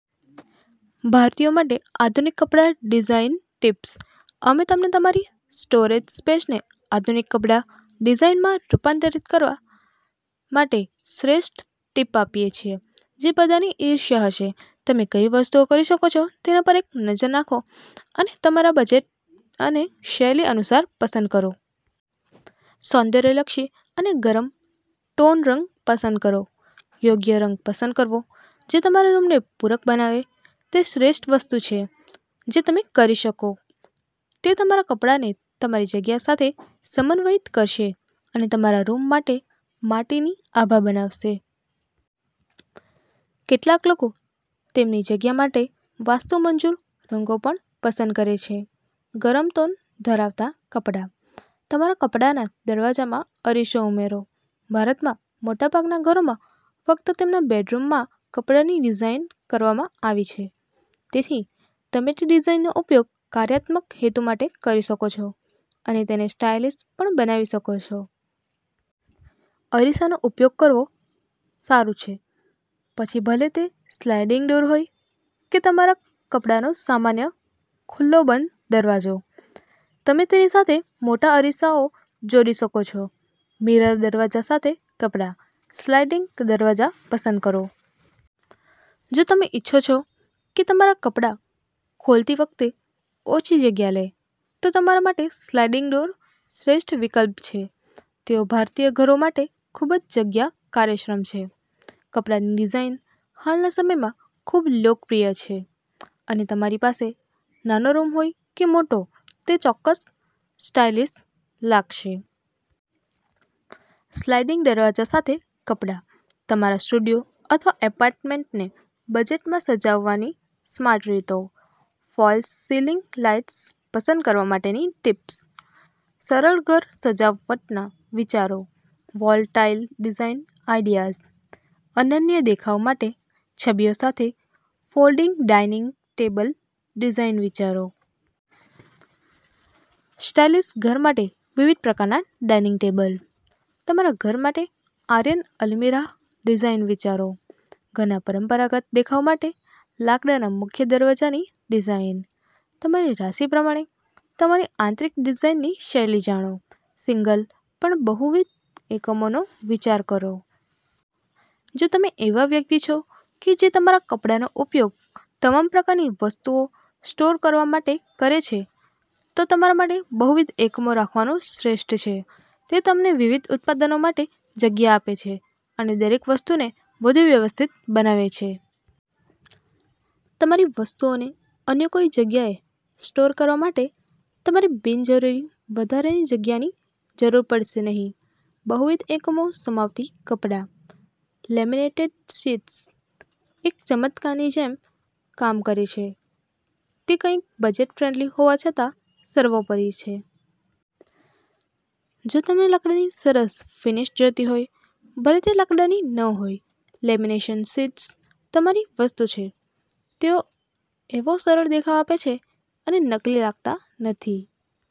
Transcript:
ભારતીયો માટે આધુનિક કપડા ડિઝાઇન ટિપ્સ. અમે તમને તમારી સ્ટોરેજ સ્પેસને આધુનિક કપડા ડિઝાઇનમાં રૂપાંતરિત કરવા માટે શ્રેષ્ઠ ટિપ્સ આપીએ છીએ, જે બધાની ઈર્ષ્યા હશે. તમે કઈ વસ્તુઓ કરી શકો છો તેના પર એક નજર નાખો અને તમારા બજેટ અને શૈલી અનુસાર પસંદ કરો. સૌંદર્યલક્ષી અને ગરમ ટોન રંગ પસંદ કરો. યોગ્ય રંગ પસંદ કરવો, જે તમારા રૂમને પૂરક બનાવે, તે શ્રેષ્ઠ વસ્તુ છે જે તમે કરી શકો. તે તમારા કપડાને તમારી જગ્યા સાથે સમન્વયિત કરશે અને તમારા રૂમ માટે માટીની આભા બનાવશે. કેટલાક લોકો તેમની જગ્યા માટે વાસ્તુ-મંજૂર રંગો પણ પસંદ કરે છે. ગરમ ટોન ધરાવતા કપડા. તમારા કપડાના દરવાજામાં અરીસો ઉમેરો. ભારતમાં, મોટાભાગના ઘરોમાં ફક્ત તેમના બેડરૂમમાં કપડાંની ડિઝાઇન કરવામાં આવી છે. તેથી, તમે તે ડિઝાઇનનો ઉપયોગ કાર્યાત્મક હેતુ માટે કરી શકો છો અને તેને સ્ટાઇલિશ પણ બનાવી શકો છો. અરીસાઓનો ઉપયોગ કરવો સારું છે. પછી ભલે તે સ્લાઇડિંગ ડોર હોય કે તમારા કપડાનો સામાન્ય ખુલ્લો-બંધ દરવાજો, તમે તેની સાથે મોટા અરીસાઓ જોડી શકો છો. મિરર દરવાજા સાથે કપડા. સ્લાઇડિંગ દરવાજા પસંદ કરો. જો તમે ઇચ્છો છો કે તમારા કપડા ખોલતી વખતે ઓછી જગ્યા લે, તો તમારા માટે સ્લાઇડિંગ ડોર શ્રેષ્ઠ વિકલ્પ છે. તેઓ ભારતીય ઘરો માટે ખૂબ જગ્યા-કાર્યક્ષમ છે. કપડાની ડિઝાઇન હાલના સમયમાં ખૂબ લોકપ્રિય છે, અને તમારી પાસે નાનો રૂમ હોય કે મોટો, તે ચોક્કસ સ્ટાઇલિશ લાગશે. સ્લાઇડિંગ દરવાજા સાથે કપડા. તમારા સ્ટુડિયો અથવા એપાર્ટમેન્ટને બજેટમાં સજાવવાની સ્માર્ટ રીતો. ફોલ્સ સિલિંગ લાઇટ્સ પસંદ કરવા માટેની ટિપ્સ. સરળ ઘર સજાવટના વિચારો. Wall tile design ideas. અનન્ય દેખાવ માટે, છબીઓ સાથે ફોલ્ડિંગ ડાઇનિંગ ટેબલ ડિઝાઇન વિચારો. સ્ટાઇલિશ ઘર માટે વિવિધ પ્રકારના ડાઇનિંગ ટેબલ. તમારા ઘર માટે આયર્ન અલ્મિરાહ ડિઝાઇન વિચારો. ઘરના પરંપરાગત દેખાવ માટે લાકડાના મુખ્ય દરવાજાની ડિઝાઇન. તમારી રાશિ પ્રમાણે તમારી આંતરિક ડિઝાઇનની શૈલી જાણો. સિંગલ પર બહુવિધ એકમોનો વિચાર કરો. જો તમે એવા વ્યક્તિ છો કે જે તમારા કપડાનો ઉપયોગ તમામ પ્રકારની વસ્તુઓ સ્ટોર કરવા માટે કરે છે, તો તમારા માટે બહુવિધ એકમો રાખવાનું શ્રેષ્ઠ છે. તે તમને વિવિધ ઉત્પાદનો માટે જગ્યા આપે છે અને દરેક વસ્તુને વધુ વ્યવસ્થિત બનાવે છે. તમારી વસ્તુઓને અન્ય કોઈ જગ્યાએ સ્ટોર કરવા માટે તમારે બિનજરૂરી વધારાની જગ્યાની જરૂર પડશે નહીં. બહુવિધ એકમો સમાવતી કપડા. લેમિનેટેડ શીટ્સ એક ચમત્કારની જેમ કામ કરે છે. તે કંઈક બજેટ-ફ્રેન્ડલી હોવા છતાં સર્વોપરી છે. જો તમને લાકડાની સરસ ફિનિશ જોઈતી હોય, ભલે તે લાકડાની ન હોય, લેમિનેશન શીટ્સ તમારી વસ્તુ છે. તેઓ એવો સરળ દેખાવ આપે છે અને નકલી લાગતા નથી.